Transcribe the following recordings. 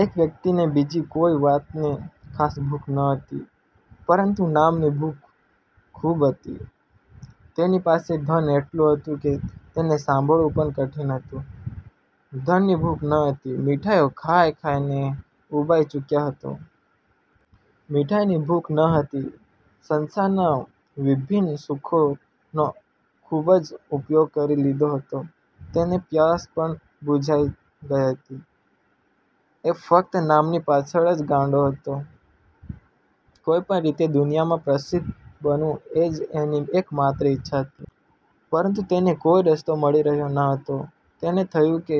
એક વ્યક્તિ ને બીજી કોઈ વાતની ખાસ ભૂખ ન હતી, પરંતુ નામ ની ભૂખ ખુબ હતી! તેની પાસે ધન એટલું હતું કે તેને સાંભળવુ પણ કઠિન હતું. ધનની ભૂખ ન હતી. મીઠાઈઓ ખાઇ ખાઇ ને ઉબાઈ ચુક્યો હતો. મીઠાઈ ની ભૂખ ન હતી. સંસારના વિભિન્ન સુખો નો ખુબ જ ઉપયોગ કરી લીધો હતો. તેને પ્યાસ પણ બુઝાઈ ગઈ હતી. એ ફક્ત નામની પાછળ જ ગાંડો હતો. કોઈપણ રીતે દુનિયામાં પ્રસિદ્ધ બનવું એજ એની એક માત્ર ઈચ્છા હતી. પરંતુ તેને કોઈ રસ્તો મળી રહ્યો ના હતો. તેને થયું કે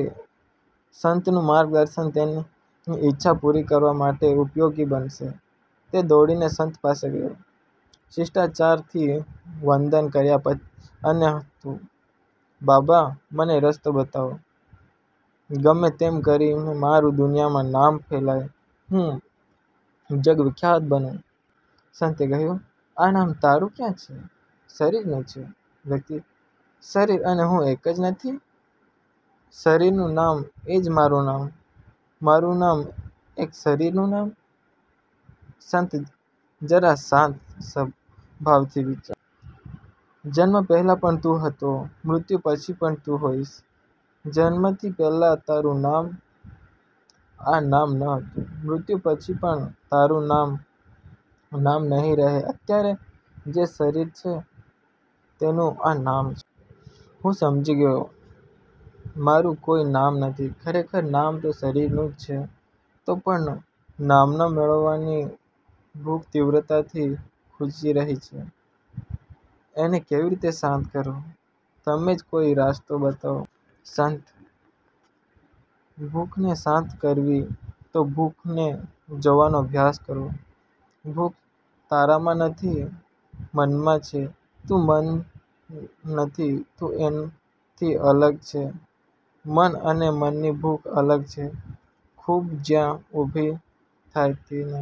સંતનું માર્ગદર્શન તેની ઇચ્છા પુરી કરવા માટે ઉપયોગી બનશે. તે દોડીને સંત પાસે ગયો. શિષ્ટાચાર થી વંદન કર્યા પ અને તું, "બાબા! મને રસ્તો બતાવો, ગમે-તેમ કરીને મારુ દુનિયામાં નામ ફેલાય, હું જગવિખ્યાત બનું. " સંતે કહ્યું, "આ નામ તારું ક્યાં છે? શરીરનું છે. " વ્યક્તિ: "શરીર અને હું એક જ નથી? શરીર નું નામ એજ મારુ નામ. મારુ નામ એજ શરીરનું નામ! " સંત: "જરા શાંત સભ ભાવથી વિચાર. જન્મ પહેલાં પણ તું હતો, મૃત્યુ પછી પણ તું હોઈશ. જન્મ થી પેહલા તારું નામ આ નામ ન હતું. મૃત્યુ પછી પણ તારું નામ નહિ રહે અત્યારે જે શરીર છે તેનું આ નામ છે. હું સમજી ગયો, મારું કોઈ નામ નથી, ખરેખર નામ તો શરીર નુ જ છે! તો પણન નામના મેળવવાની ભૂખ તીવ્રતાથી ખૂંચી રહી છે. એને કેવી રીતે શાંત કરું? તમે જ કોઈ રાસ્તો બતાવો! " સંત: "ભૂખને શાંત કરવી તો ભૂખને જોવાનો અભ્યાસ કરો. ભૂખ તારામાં નથી મન માં છે! તું મન નથી, તું એનથી અલગ છે. મન અને મનની ભૂખ અલગ છે. ખૂબ જ્યાં ઉભી થાય તેને